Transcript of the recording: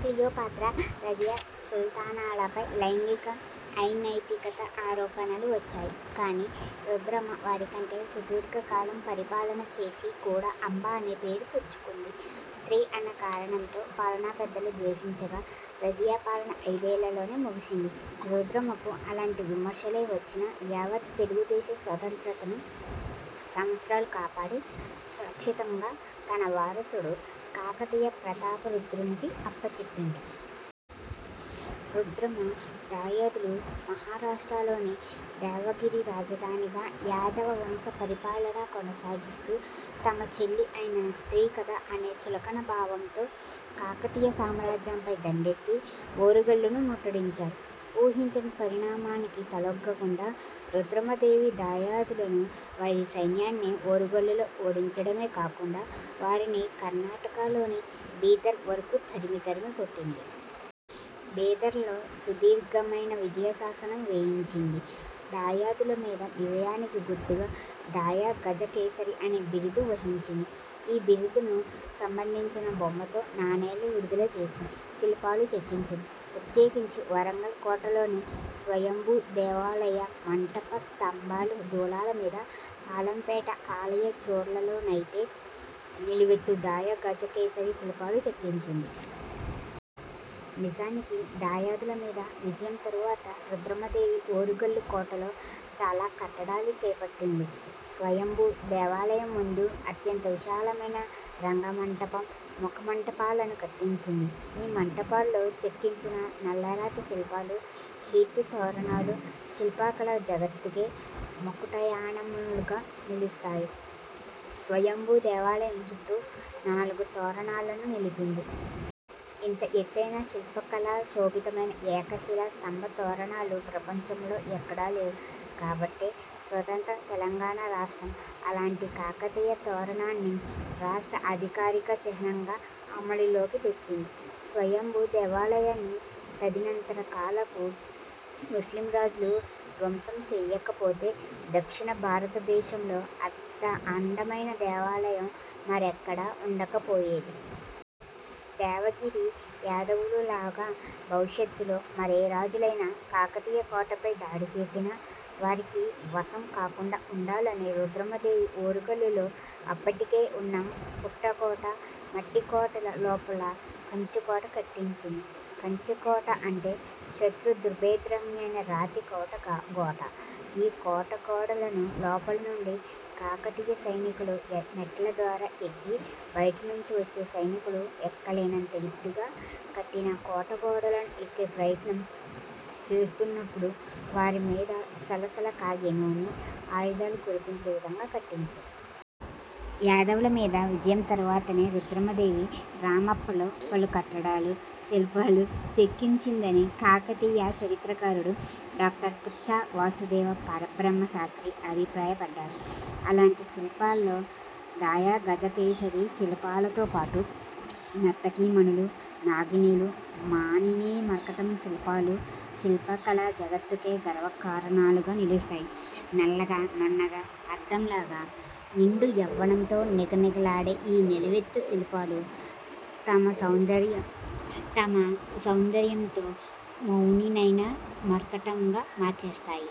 క్లియో పాత్ర, రజియా సుల్తానాలపై లైంగిక అనైతికతా ఆరోపణలు వచ్చాయి. కాని రుద్రమ వారి కంటె సుదీర్ఘ కాలం పరిపాలన చేసి కూడా 'అంబ' అనే పేరు తెచ్చుకొంది. స్ర్తీ అన్న కారణంతో పాలనా పెద్దలు ద్వేషించగా రజియాపాలన ఐదేళ్ళలోనే ముగిసింది. రుద్రమకు అలాంటి విమర్శలే వచ్చినా యావత్ తెలుగుదేశ స్వతంత్రతను సంవత్సరాలు కాపాడి సురక్షితంగా తనవారసుడు కాకతీయ ప్రతాపరుద్రునికి అప్పజెప్పింది. రుద్రమ దాయాదులు మహారాష్ట్రలోని దేవగిరి రాజధానిగా యాదవ వంశ పరిపాలన కొనసాగిస్తూ తమ చెల్లి అయినా స్ర్తీ కదా అనే చులకన భావంతో కాకతీయ సామ్రాజ్యంపై దండెత్తి ఓరుగల్లు ను ముట్టడించారు. ఊహించని పరిణామానికి తలొగ్గకుండా రుద్రమదేవి దాయాదులను, వారి సైన్యాన్ని ఓరుగల్లులో ఓడించడమే కాకుండా వారిని కర్ణాటకలోని బీదర్ వరకు తరిమి తరిమి కొట్టింది. బీదర్లో సుదీర్ఘమైన విజయ శాసనం వేయించింది. దాయాదుల మీద విజయానికి గుర్తుగా 'దాయ గజ కేసరి' అనే బిరుదు వహించింది. ఈ బిరుదును సంబంధించిన బొమ్మతో నాణేలు విడుదల చేసింది, శిల్పాలు చెక్కించింది – ప్రత్యేకించి వరంగల్ కోటలోని స్వయంభూ దేవాలయ మంటప స్తంభాలు, దూలాల మీద, పాలంపేట ఆలయ చూర్లలోనైతే నిలువెత్తు దాయగజకేసరి శిల్పాలు చెక్కించింది. నిజానికి దాయాదుల మీద విజయం తరువాత రుద్రమదేవి ఓరుగల్లు కోటలో చాలా కట్టడాలు చేపట్టింది. స్వయంభూ దేవాలయం ముందు అత్యంత విశాలమైన రంగ మంటపం, ముఖ మంటపాలను కట్టించింది. ఈ మంటపాల్లో చెక్కించిన నల్లరాతి శిల్పాలు, కీర్తితోరణాలు శిల్పకళా జగత్తుకే మకుటయానములుగా నిలుస్తాయి. స్వయంభూ దేవాలయం చుట్టూ నాలుగు తోరణాలను నిలిపింది. ఇంత ఎత్తైన శిల్పకళా శోభితమైన ఏకశిలా స్తంభ తోరణాలు ప్రపంచంలో ఎక్కడా లేవు. కాబట్టే స్వతంత్ర తెలంగాణ రాష్ట్రం అలాంటి కాకతీయ తోరణాన్ని రాష్ట్ర అధికారిక చిహ్నంగా అమలులోకి తెచ్చింది. స్వయంభూ దేవాలయాన్ని తదనంతర కాలపు ముస్లిం రాజులు ధ్వంసం చేయకపోతే దక్షిణ భారతదేశంలో అంత అందమైన దేవాలయం మరెక్కడా ఉండకపోయేది. దేవగిరి యాదవులలాగా భవిష్యత్తులో మరే రాజులైనా కాకతీయ కోటపై దాడి చేసినా వారికి వశం కాకుండా ఉండాలని రుద్రమ దేవి ఓరుగల్లులో అప్పటికే ఉన్న పుట్టకోట, మట్టికోటల లోపల 'కంచుకోట' కట్టించింది. కంచుకోట అంటే శత్రు దుర్భేద్యమైన రాతి కోటగోట. ఈ కోటగోడలను లోపల నుండి కాకతీయ సైనికులు మెట్ల ద్వారా ఎక్కి బయటి నుంచి వచ్చే సైనికులు ఎక్కలేనంత ఎత్తుగా కట్టిన కోటగోడలను ఎక్కే ప్రయత్నం చేస్తున్నప్పుడు వారి మీద సలసల కాగే నూనె, ఆయుధాలు కురిపించే విధంగా కట్టించింది. యాదవుల మీద విజయం తరువాతనే రుద్రమదేవి రామప్పలో పలు కట్టడాలు, శిల్పాలు చెక్కించిందని కాకతీయ చరిత్రకారుడు డాక్టర్ పుచ్ఛా వాసుదేవ పరబ్రహ్మ శాస్ర్తి అభిప్రాయపడ్డారు. అలాంటి శిల్పాల్లో దాయగజకేసరి శిల్పాలతోపాటు నర్తకీమణులు, నాగినులు, మానిని – మర్కటం శిల్పాలు శిల్పకళా జగత్తుకే గర్వకారణాలుగా నిలుస్తాయి. నల్లగా, నున్నగా, అద్దంలాగా నిండు యవ్వనంతో నిగనిగలాడే ఈ నిలువెత్తు శిల్పాలు తమ సౌందర్యంతో మౌనినైనా మర్కటంగా మార్చేస్తాయి.